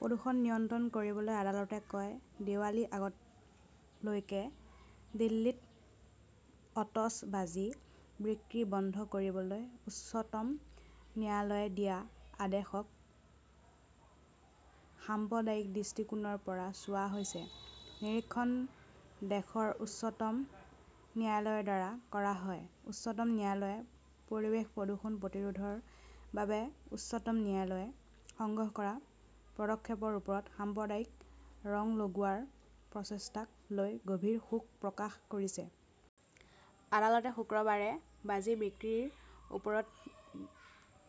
প্ৰদূষণ নিয়ন্ত্ৰণ কৰিবলৈ আদালতে কয়, দিৱালী আগলৈকে দিল্লীত অতচ বাজি বিক্ৰী বন্ধ কৰিবলৈ উচ্চতম ন্যায়ালয়ে দিয়া নিৰ্দেশক সাম্প্ৰদায়িক দৃষ্টিকোণৰ পৰা চোৱা হৈছে। নিৰীক্ষণ দেশৰ উচ্চতম ন্যায়ালয়ৰ দ্বাৰা কৰা হয়। উচ্চতম ন্যায়ালয়ে পৰিৱেশ প্ৰদূষণ প্ৰতিৰোধৰ বাবে উচ্চতম ন্যায়ালয়ে গ্ৰহণ কৰা পদক্ষেপৰ ওপৰত সাম্প্ৰদায়িক ৰং লগোৱাৰ প্ৰচেষ্টাক লৈ গভীৰ শোক প্ৰকাশ কৰিছে। আদালতে শুকুৰবাৰে বাজি বিক্ৰীৰ ওপৰত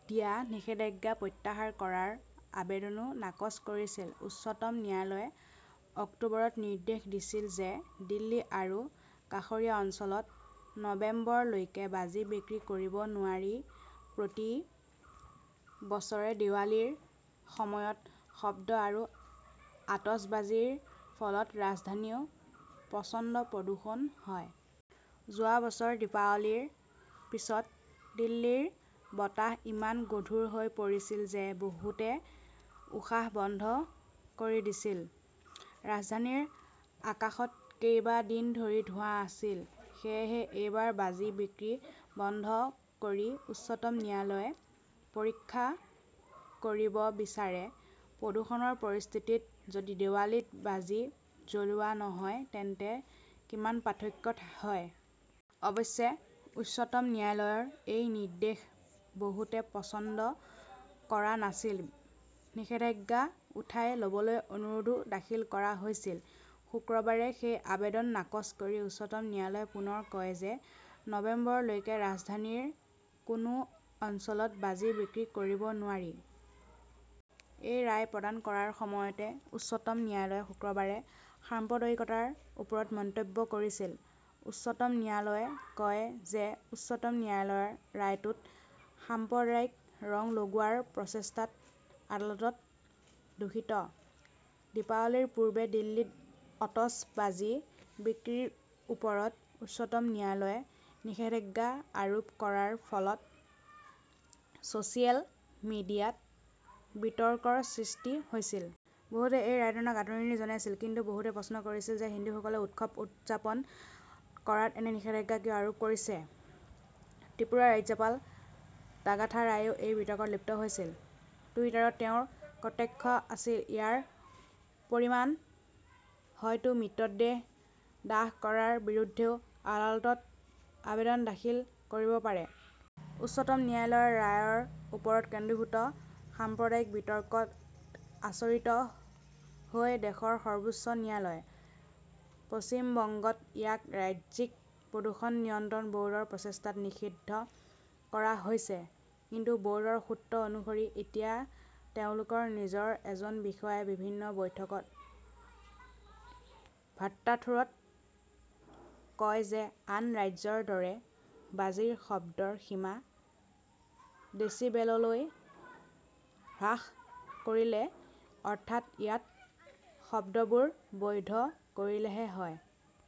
দিয়া নিষেধাজ্ঞা প্ৰত্যাহাৰ কৰাৰ আবেদনও নাকচ কৰিছিল। উচ্চতম ন্যায়ালয়ে অক্টোবৰত নিৰ্দেশ দিছিল যে, দিল্লী আৰু কাষৰীয়া অঞ্চলত নৱেম্বৰলৈকে বাজি বিক্ৰী কৰিব নোৱাৰি প্ৰতি বছৰে দীপাৱলীৰ সময়ত শব্দ আৰু আতচবাজীৰ ফলত ৰাজধানীত প্ৰচণ্ড প্ৰদূষণ হয়। যোৱা বছৰ দীপাৱলীৰ পিছত দিল্লীৰ বতাহ ইমান গধুৰ হৈ পৰিছিল যে বহুতে উশাহ বন্ধ কৰি দিছিল। ৰাজধানীৰ আকাশত কেইবা দিন ধৰি ধোঁৱা আছিল। সেয়েহে এইবাৰ বাজি বিক্ৰী বন্ধ কৰি উচ্চতম ন্যায়ালয়ে পৰীক্ষা কৰিব বিচাৰে, প্ৰদূষণৰ পৰিস্থিতিত যদি দীপাৱলীত বাজি জ্বলোৱা নহয় তেন্তে কিমান পাৰ্থক্য হয়। অৱশ্যে, উচ্চতম ন্যায়ালয়ৰ এই নিৰ্দেশ বহুতে পচন্দ কৰা নাছিল। নিষেধাজ্ঞা উঠাই ল'বলৈ অনুৰোধও দাখিল কৰা হৈছিল। শুকুৰবাৰে সেই আবেদন নাকচ কৰি উচ্চতম ন্যায়ালয়ে পুনৰ কয় যে নৱেম্বৰলৈকে ৰাজধানীৰ কোনো অঞ্চলত বাজি বিক্ৰী কৰিব নোৱাৰি। এই ৰায় প্ৰদান কৰাৰ সময়তে উচ্চতম ন্যায়ালয়ে শুকুৰবাৰে সাম্প্ৰদায়িকতাৰ ওপৰত মন্তব্য কৰিছিল। উচ্চতম ন্যায়ালয়ে কয় যে, উচ্চতম ন্যায়ালয়ৰ ৰায়টোত সাম্প্ৰদায়িক ৰং লগোৱাৰ প্ৰচেষ্টাত আদালত দুখিত। দীপাৱলীৰ পূৰ্বে দিল্লীত অতচ বাজি বিক্ৰীৰ ওপৰত উচ্চতম ন্যায়ালয়ে নিষেধাজ্ঞা আৰোপ কৰাৰ ফলত ছ 'চিয়েল মিডিয়াত বিতৰ্কৰ সৃষ্টি হৈছিল। বহুতে এই ৰায়দানক আদৰণি জনাইছিল। কিন্তু বহুতে প্ৰশ্ন কৰিছিল যে হিন্দুসকলে উৎসৱ উদযাপন কৰাত এনে নিষেধাজ্ঞা কিয় আৰোপ কৰিছে? ত্ৰিপুৰাৰ ৰাজ্যপাল তাগাথা ৰায়েও এই বিতৰ্কত লিপ্ত হৈছিল। টুইটাৰত তেওঁৰ কটাক্ষ আছিল-ইয়াৰ পৰিমাণ হয়তো মৃতদেহ দাহ কৰাৰ বিৰুদ্ধেও আদালতত আবেদন দাখিল কৰিব পাৰে। উচ্চতম ন্যায়ালয়ৰ ৰায়ৰ ওপৰত কেন্দ্ৰীভূত সাম্প্ৰদায়িক বিতৰ্কত আচৰিত হৈ দেশৰ সৰ্বোচ্চ ন্যায়ালয়। পশ্চিম বংগত ইয়াক ৰাজ্যিক প্ৰদূষণ নিয়ন্ত্ৰণ ব'ৰ্ডৰ প্ৰচেষ্টাত নিষিদ্ধ কৰা হৈছে। কিন্তু ব ৰ্ডৰ সূত্ৰ অনুসৰি, এতিয়া তেওঁলোকৰ নিজৰ এজন বিষয়াই বিভিন্ন বৈঠকত ভাট্টাথোৰত কয় যে আন ৰাজ্যৰ দৰে বাজিৰ শব্দৰ সীমা ডেছিবেললৈ হ্ৰাস কৰিলে, অৰ্থাৎ ইয়াত শব্দবোৰ বৈধ কৰিলেহে হয়।